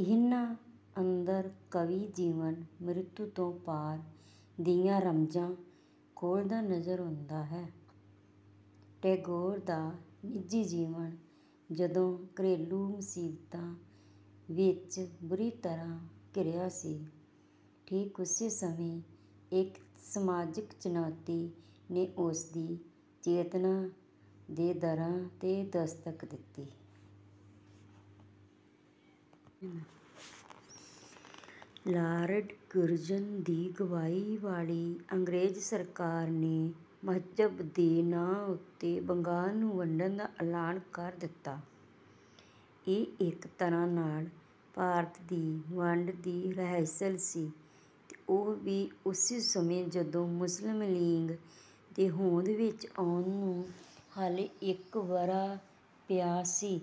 ਇਨ੍ਹਾ ਅੰਦਰ ਕਵੀ ਜੀਵਨ-ਮ੍ਰਿਤੂ ਤੋਂ ਪਾਰ ਦੀਆਂ ਰਮਜਾਂ ਖੋਲਦਾ ਨਜ਼ਰ ਆਉਂਦਾ ਹੈ। ਟੈਗੋਰ ਦਾ ਨਿਜੀ ਜੀਵਨ ਜਦੋਂ ਘਰੇਲੂ ਮੁਸੀਬਤਾਂ ਵਿੱਚ ਬੁਰੀ ਤਰ੍ਹਾ ਘਿਰਿਆ ਸੀ, ਠੀਕ ਉਸੇ ਸਮੇਂ ਇੱਕ ਸਮਾਜਿਕ ਚੁਣੌਤੀ ਨੇ ਉਸਦੀ ਚੇਤਨਾ ਦੇ ਦਰਾਂ 'ਤੇ ਦਸਤਕ ਦਿੱਤੀ। ਲ਼ਾਰਡ ਕਰਜ਼ਨ ਦੀ ਅਗਵਾਈ ਵਾਲੀ ਅੰਗਰੇਜ਼ ਸਰਕਾਰ ਨੇ ਮਜ਼ਹਬ ਦੇ ਨਾਂ ਉੱਤੇ ਬੰਗਾਲ ਨੂੰ ਵੰਡਣ ਦਾ ਐਲਾਨ ਕਰ ਦਿੱਤਾ। ਇਹ ਇੱਕ ਤਰ੍ਹਾਂ ਨਾਲ ਭਾਰਤ ਦੀ ਵੰਡ ਦੀ ਰਿਹਰਸਲ ਸੀ ਤੇ ਉਹ ਵੀ ਉਸ ਸਮੇਂ ਜਦੋਂ ਮੁਸਲਿਮ ਲੀਗ ਦੇ ਹੋਂਦ ਵਿੱਚ ਆਉਣ ਨੂੰ ਹਾਲੇ ਇੱਕ ਵਰ੍ਹਾ ਪਿਆ ਸੀ,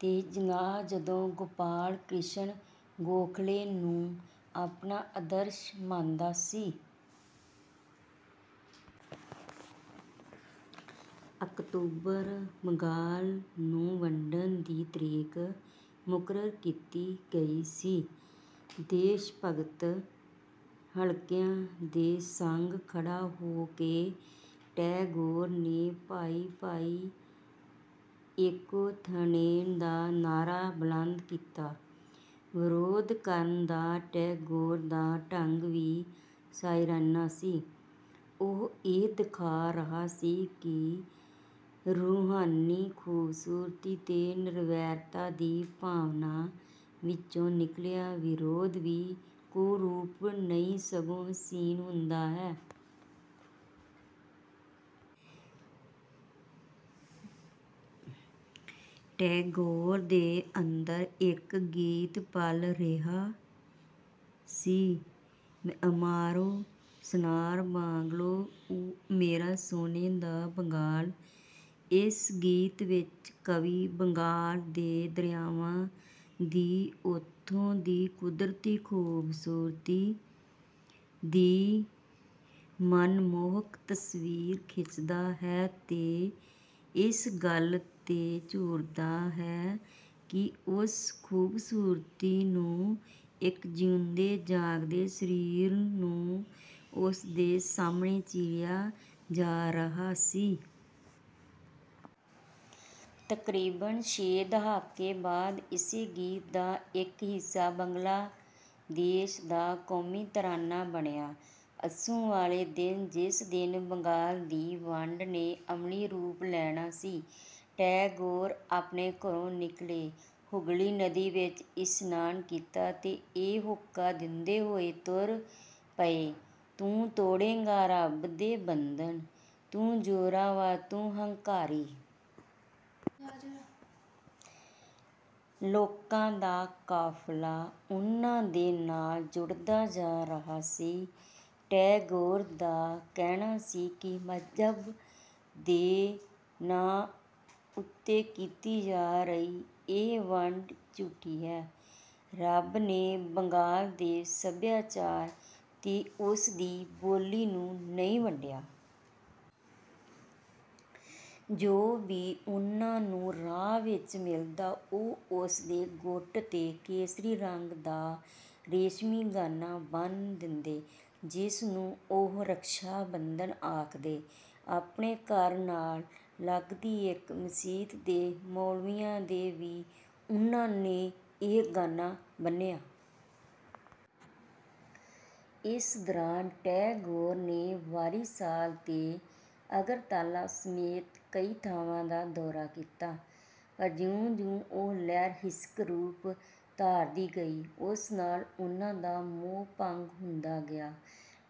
ਤੇ ਜਿਨਾਹ ਜਦੋਂ ਗੋਪਾਲ ਕ੍ਰਿਸ਼ਣ ਗੋਖਲੇ ਨੂੰ ਆਪਣਾ ਆਦਰਸ਼ ਮੰਨਦਾ ਸੀ। ਅਕਤੂਬਰ ਬੰਗਾਲ ਨੂੰ ਵੰਡਣ ਦੀ ਤਾਰੀਖ ਮੁਕਰਰ ਕੀਤੀ ਗਈ ਸੀ। ਦੇਸ਼ਭਗਤ ਹਲਕਿਆਂ ਦੇ ਸੰਗ ਖੜਾ ਹੋ ਕੇ ਟੈਗੋਰ ਨੇ "ਭਾਈ-ਭਾਈ ਏਕੋ ਥਾਣੇਨ" ਦਾ ਨਾਹਰਾ ਬੁਲੰਦ ਕੀਤਾ। ਵਿਰੋਧ ਕਰਨ ਦਾ ਟੈਗੋਰ ਦਾ ਢੰਗ ਵੀ ਸ਼ਾਇਰਾਨਾ ਸੀ, ਉਹ ਇਹ ਦਿਖਾ ਰਿਹਾ ਸੀ ਕਿ ਰੂਹਾਨੀ ਖੂਬਸੂਰਤੀ ਤੇ ਨਿਰਵੈਰਤਾ ਦੀ ਭਾਵਨਾ ਵਿੱਚੋਂ ਨਿਕਲਿਆ ਵਿਰੋਧ ਵੀ ਕੁਰੂਪ ਨਹੀਂ ਸਗੋਂ ਹਸੀਨ ਹੁੰਦਾ ਹੈ। ਟੈਗੋਰ ਦੇ ਅੰਦਰ ਇੱਕ ਗੀਤ ਪਲ ਰਿਹਾ ਸੀ, "ਅਮਾਰੋ ਸੋਨਾਰ ਬਾਂਗਲੋ"—ਓ ਮੇਰਾ ਸੋਨੇ ਦਾ ਬੰਗਾਲ। ਇਸ ਗੀਤ ਵਿੱਚ ਕਵੀ ਬੰਗਾਲ ਦੇ ਦਰਿਆਵਾਂ ਦੀ, ਉੱਥੇ ਦੀ ਕੁਦਰਤੀ ਖੂਬਸੂਰਤੀ ਦੀ ਮਨਮੋਹਕ ਤਸਵੀਰ ਖਿੱਚਦਾ ਹੈ ਤੇ ਇਸ ਗੱਲ 'ਤੇ ਝੂਰਦਾ ਹੈ ਕਿ ਉਸ ਖੂਬਸੂਰਤੀ ਨੂੰ ਇੱਕ ਜਿਉਂਦੇ-ਜਾਗਦੇ ਸ਼ਰੀਰ ਨੂੰ ਉਸਦੇ ਸਾਹਮਣੇ ਚੀਰਿਆ ਜਾ ਰਿਹਾ ਸੀ। ਤਕਰੀਬਨ ਛੇ ਦਹਾਕੇ ਬਾਦ ਇਸੇ ਗੀਤ ਦਾ ਇੱਕ ਹਿੱਸਾ ਬੰਗਲਾ ਦੇਸ਼ ਦਾ ਕੌਮੀ ਤਰਾਨਾ ਬਣਿਆ। ਅੱਸੂ ਵਾਲੇ ਦਿਨ ਜਿਸ ਦਿਨ ਬੰਗਾਲ ਦੀ ਵੰਡ ਨੇ ਅਮਲੀ ਰੂਪ ਲੈਣਾ ਸੀ, ਟੈਗੋਰ ਆਪਣੇ ਘਰੋਂ ਨਿਕਲੇ, ਹੁਗਲੀ ਨਦੀ ਵਿੱਚ ਇਸਨਾਨ ਕੀਤਾ ਤੇ ਇਹ ਹੋਕਾ ਦਿੰਦੇ ਹੋਏ ਤੁਰ ਪਏ, "ਤੂੰ ਤੋੜੇਂਗਾ ਰੱਬ ਦੇ ਬੰਧਨ, ਤੂੰ ਜ਼ੋਰਾਵਰ ਤੂੰ ਹੰਕਾਰੀ...। " ਲੋਕਾਂ ਦਾ ਕਾਫ਼ਿਲਾ ਉਨ੍ਹਾ ਦੇ ਨਾਲ ਜੁੜਦਾ ਜਾ ਰਿਹਾ ਸੀ। ਟੈਗੋਰ ਦਾ ਕਹਿਣਾ ਸੀ ਕਿ ਮਜ਼ਹਬ ਦੇ ਨਾਂ ਉੱਤੇ ਕੀਤੀ ਜਾ ਰਹੀ ਇਹ ਵੰਡ ਝੂਠੀ ਹੈ, ਰੱਬ ਨੇ ਬੰਗਾਲ ਦੇ ਸਭਿਆਚਾਰ ਤੇ ਉਸਦੀ ਬੋਲੀ ਨੂੰ ਨਹੀਂ ਵੰਡਿਆ। ਜੋ ਵੀ ਉਨ੍ਹਾ ਨੂੰ ਰਾਹ ਵਿੱਚ ਮਿਲਦਾ ਉਹ ਉਸਦੇ ਗੁੱਟ ਤੇ ਕੇਸਰੀ ਰੰਗ ਦਾ ਰੇਸ਼ਮੀ ਗਾਨਾਂ ਬੰਨ ਦਿੰਦੇ, ਜਿਸਨੂੰ ਉਹ "ਰਖਸ਼ਾ-ਬੰਧਨ" ਆਖਦੇ। ਆਪਣੇ ਘਰ ਨਾਲ ਲਗਦੀ ਇੱਕ ਮਸੀਤ ਦੇ ਮੌਲਵੀਆਂ ਦੇ ਵੀ ਉਨ੍ਹਾ ਨੇ ਇਹ ਗਾੰਨਾ ਬੰਨਿਆ। ਇਸ ਦੌਰਾਨ ਟੈਗੋਰ ਨੇ ਵਾਰੀਸਾਲ ਤੇ ਅਗਰਤਾਲਾ ਸਮੇਤ ਕਈ ਥਾਵਾਂ ਦਾ ਦੌਰਾ ਕੀਤਾ ਪਰ ਜਿਉਂ-ਜਿਉਂ ਉਹ ਲਹਿਰ ਹਿੰਸਕ ਰੂਪ ਧਾਰਦੀ ਗਈ, ਉਸ ਨਾਲ ਉਨ੍ਹਾ ਦਾ ਮੋਹ ਭੰਗ ਹੁੰਦਾ ਗਿਆ।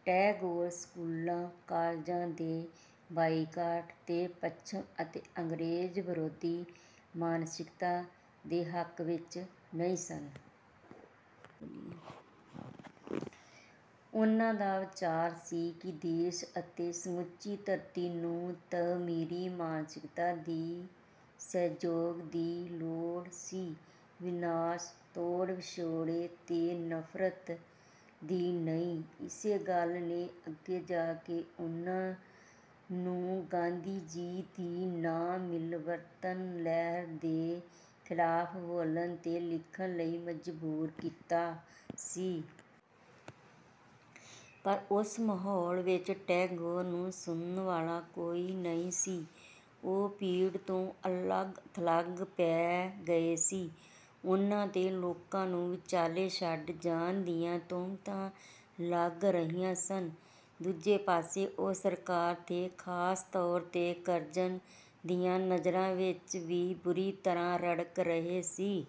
ਟੈਗੋਰ ਸਕੂਲਾ-ਕਾਲਜਾਂ ਦੇ ਬਾਈਕਾਟ ਤੇ ਪੱਛਮ ਅਤੇ ਅੰਗਰੇਜ਼ ਵਿਰੋਧੀ ਮਾਨਸਿਕਤਾ ਦੇ ਹੱਕ ਵਿੱਚ ਨਹੀਂ ਸਨ। ਉਨ੍ਹਾ ਦਾ ਵਿਚਾਰ ਸੀ ਕਿ ਦੇਸ਼ ਅਤੇ ਸਮੁੱਚੀ ਧਰਤੀ ਨੂੰ ਤਾਮੀਰੀ ਮਾਨਸਿਕਤਾ ਦੀ ਸਹਿਯੋਗ ਦੀ ਲੋੜ ਸੀ, ਵਿਨਾਸ਼, ਤੋੜ-ਵਿਛੋੜੇ ਤੇ ਨਫ਼ਰਤ ਦੀ ਨਹੀਂ। ਇਸੇ ਗੱਲ ਨੇ ਅੱਗੇ ਜਾ ਕੇ ਉਨ੍ਹਾ ਨੂੰ ਗਾਂਧੀ ਜੀ ਦੀ ਨਾ-ਮਿਲਵਰਤਣ ਲਹਿਰ ਦੇ ਖਿਲਾਫ਼ ਬੋਲਣ ਤੇ ਲਿਖਣ ਲਈ ਮਜਬੂਰ ਕੀਤਾ ਸੀ। ਪਰ ਉਸ ਮਹੌਲ ਵਿੱਚ ਟੈਗੋਰ ਨੂੰ ਸੁਣਨ ਵਾਲਾ ਕੋਈ ਨਹੀਂ ਸੀ। ਉਹ ਭੀੜ ਤੋਂ ਅਲਗ-ਥਲਗ ਪੈ ਗਏ ਸੀ, ਉਨ੍ਹਾ 'ਤੇ ਲੋਕਾਂ ਨੂੰ ਵਿਚਾਲੇ ਛੱਡ ਜਾਣ ਦੀਆਂ ਤੋਹਮਤਾਂ ਲਗ ਰਹੀਆਂ ਸਨ। ਦੂਜੇ ਪਾਸੇ ਉਹ ਸਰਕਾਰ ਤੇ ਖਾਸ ਤੌਰ 'ਤੇ ਕਰਜ਼ਨ ਦੀਆਂ ਨਜ਼ਰਾਂ ਵਿੱਚ ਵੀ ਬੁਰੀ ਤਰ੍ਹਾਂ ਰੜਕ ਰਹੇ ਸੀ।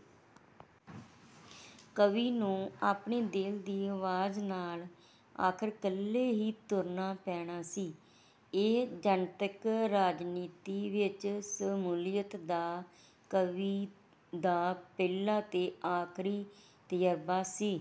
ਕਵੀ ਨੂੰ ਆਪਣੇ ਦਿਲ ਦੀ ਆਵਾਜ਼ ਨਾਲ ਆਖਿਰ ਇੱਕਲੇ ਹੀ ਤੁਰਨਾ ਪੈਣਾ ਸੀ। ਇਹ ਜਨਤਕ ਰਾਜਨੀਤੀ ਵਿੱਚ ਸ਼ਮੂਲੀਅਤ ਦਾ ਕਵੀ ਦਾ ਪਹਿਲਾ ਤੇ ਆਖਰੀ ਤਜ਼ੁਰਬਾ ਸੀ।